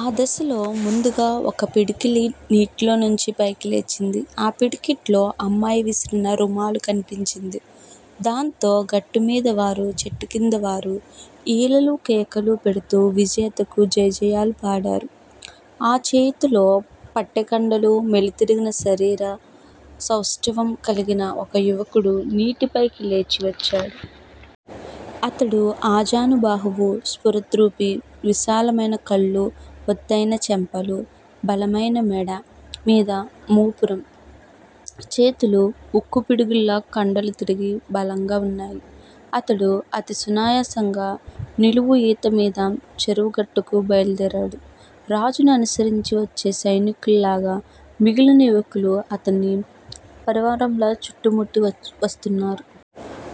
ఆ దశలో ముందుగా ఒక పిడికిలి నీటిలోంచి పైకి లేచింది. ఆ పిడికిట్లో అమ్మాయి విసిరిన రుమాలు కన్పించింది. దాంతో గట్టు మీది వారు చెట్ల క్రింద వారు ఈలలు కేకలు పెడుతూ విజేతకు జయ జయాలు చెప్తారు. ఆ చేయితో పాటే కండలు మెలి తిరిగిన శరీర సౌష్టవం కలిగిన ఒక యువకుడు నీటి పైకి లేచి వచ్చాడు. అతడు ఆజానుబాహువు స్ఫురద్రూపి, విశాలమయిన కళ్ళు, ఒత్తయిన చెంపలు, బలమయిన మెడ మీది మూపురం! చేతులు ఉక్కు పిడుగుల్లా కండలు తిరిగి బలంగా వున్నాయి. అతడు అతి సునాయాసంగా నిలువు ఈత మీద చెరువు గట్టుకు బయలుదేరాడు. రాజుని అనుసరించి వచ్చే సైనికుల లాగా మిగిలిన యువకులు అతని పరివారంలా చుట్టుముట్టి వస్తున్నారు.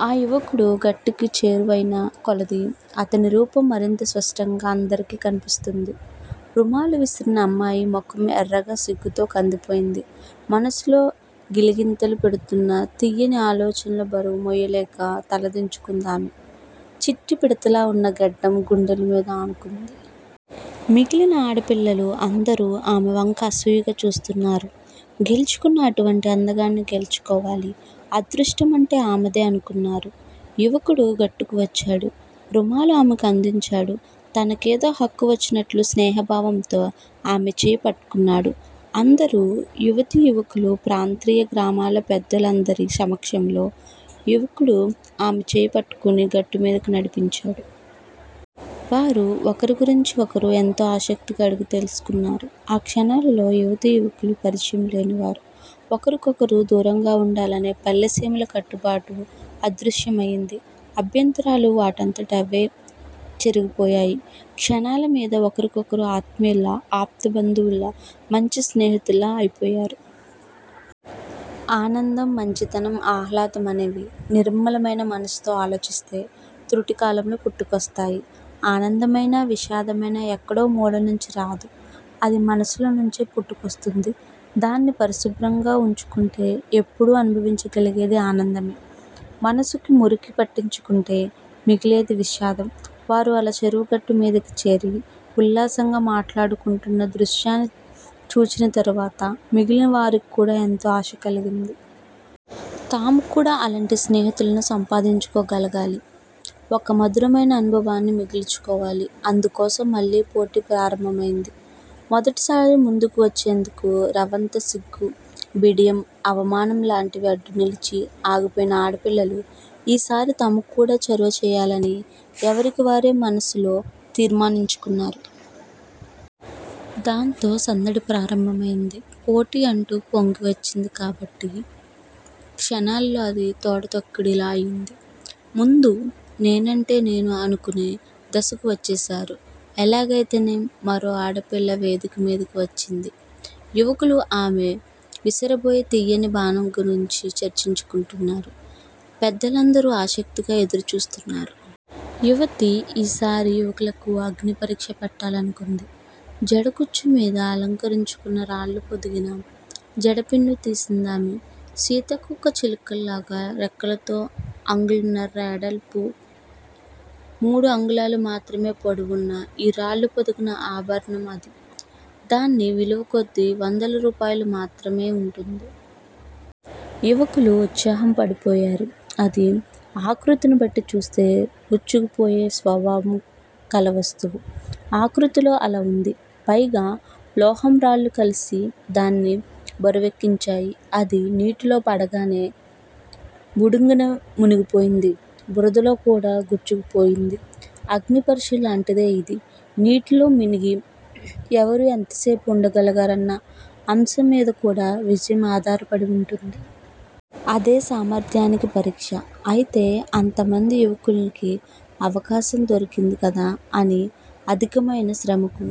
ఆ యువకుడు గట్టుకి చేరువ అయిన కొలదీ అతని రూపం మరింత స్పష్టంగా అందరికీ కన్పిస్తోంది. రుమాలు విసిరిన అమ్మాయి ముఖం ఎర్రగా సిగ్గుతో కందిపోయింది. మనసులో గిలిగింతలు పెడుతున్న తీయని ఆలోచనల బరువు మోయలేక తలదించుకుందామె. చిట్టి పిడతలా వున్న గడ్డం గుండెల మీద ఆనుకుంది. మిగిలిన ఆడపిల్లలు అందరూ ఆమె వంక అసూయగా చూస్తున్నారు. గెలుచుకున్నా అటువంటి అందగాడిని గెలుచుకోవాలి. అదృష్టం అంటే ఆమెదే అనుకున్నారు. యువకుడు గట్టుకు వచ్చాడు. రుమాలు ఆమెకు అందించాడు. తనకేదో హక్కు వచ్చినట్టు స్నేహభావంతో ఆమె చేయి పట్టుకున్నాడు. అందరు యువతీ యువకులు ప్రాంతీయ గ్రామాల పెద్దలు అందరి సమక్షంలో యువకుడు ఆమె చేయి పట్టుకుని గట్టుమీదకి నడిపించాడు. వారు ఒకరి గురించి ఒకరు ఎంతో ఆసక్తిగా అడిగి తెలుసుకున్నారు. ఆ క్షణంలో యువతీ యువకులు పరిచయం లేనివారు ఒకరికొకరు దూరంగా వుండాలనే పల్లెసీమల కట్టుబాటు అదృశ్యమయింది. అభ్యంతరాలు వాటంతట అవే చెరిగిపోయాయి! క్షణాల మీద ఒకరికొకరు ఆత్మీయుల్లా ఆప్త బంధువుల్లా మంచి స్నేహితుల్లాగా అయిపోయారు. ఆనందం, మంచితనం, ఆహ్లాదం అనేవి నిర్మలమయిన మనసుతో ఆలోచిస్తే తృటికాలంలో పుట్టుకొస్తాయి. ఆనందమయినా, విషాదమయినా ఎక్కడో మూలలనించి రాదు. అది మనసులోంచే పుట్టుకొస్తుంది. దాన్ని పరిశుభ్రంగా వుంచుకుంటే ఎప్పుడూ అనుభవించగలిగేది ఆనందమే! మనసుకి మురికి పట్టించుకుంటే మిగిలేది విషాదం!! వారు అలా చెరువు గట్టు మీదికి చేరి ఉల్లాసంగా మాటలాడుకుంటున్న దృశ్యాన్ని చూచిన తరువాత మిగిలిన వారికి కూడా ఎంతో ఆశ కలిగింది. తాము కూడా అలాంటి స్నేహితులను సంపాదించుకోగలగాలి! ఒక మధురమయిన అనుభవాన్ని మిగుల్చుకోవాలి! అందుకోసం మళ్ళీ పోటీ ప్రారంభమయింది! మొదటిసారి ముందుకు వచ్చేందుకు రవంత సిగ్గు, బిడియం, అవమానం లాంటివి అడ్డు నిలిచి ఆగిపోయిన ఆడపిల్లలు ఈసారి తాము కూడా చొరవ చేయాలని ఎవరికివారే మనసులో తీర్మానించుకున్నారు. దాంతో సందడి ప్రారంభమయింది. పోటీ అంటూ పొంగి వచ్చింది కాబట్టి క్షణాల్లో అది తొడ త్రొక్కిడిలా అయింది. ముందు నేనంటే నేను అనుకునే దశకు వచ్చేశారు. ఎలాగయితేనేం మరో ఆడపిల్ల వేదిక మీదికి వచ్చింది. యువకులు ఆమె విసరబోయే తీయని బాణం గురించి చర్చించుకుంటున్నారు. పెద్దలందరూ ఆసక్తిగా ఎదురు చూస్తున్నారు. యువతి ఈసారి యువకులకు అగ్నిపరీక్ష పెట్టాలనుకుంది. జడ కుచ్చు మీద అలంకరించుకున్న రాళ్ళు పొదిగిన జడపిన్ను తీసిందామె. సీతాకోక చిలుకలా రెక్కలతో అంగుళంన్నర వెడల్పు మూడు అంగుళాలు మాత్రమే పొడవు ఉన్న రాళ్ళు పొదిగిన ఆభరణం అది! దాని విలువ కొద్ది వందల రూపాయల మాత్రమే ఉంటుంది. యువకులు మహోత్సాహం పడిపోయారు. అది ఆకృతిని బట్టి చూస్తే గ్రుచ్చుకుపోయే స్వభావం కల వస్తువు. ఆకృతిలో అలా ఉంది. పైగా లోహం రాళ్ళు కలిసి దాన్ని బరువెక్కించాయి. అది నీటిలో పడగానే బుడుంగున మునిగిపోతుంది. బురదలో కూడా గ్రుచ్చుకుపోతుంది. అగ్ని పరీక్షలాంటిదే ఇది! నీటిలో మునిగి ఎవరు ఎంతసేపు ఉండగలరన్న అంశం మీద కదా విజయం ఆధారపడి ఉంటుంది. అదే సామర్ధ్యానికి పరీక్ష. అయితే అంతమంది యువకుల్ని అవకాశం దొరికింది కదా అని అధికమయిన శ్రమకు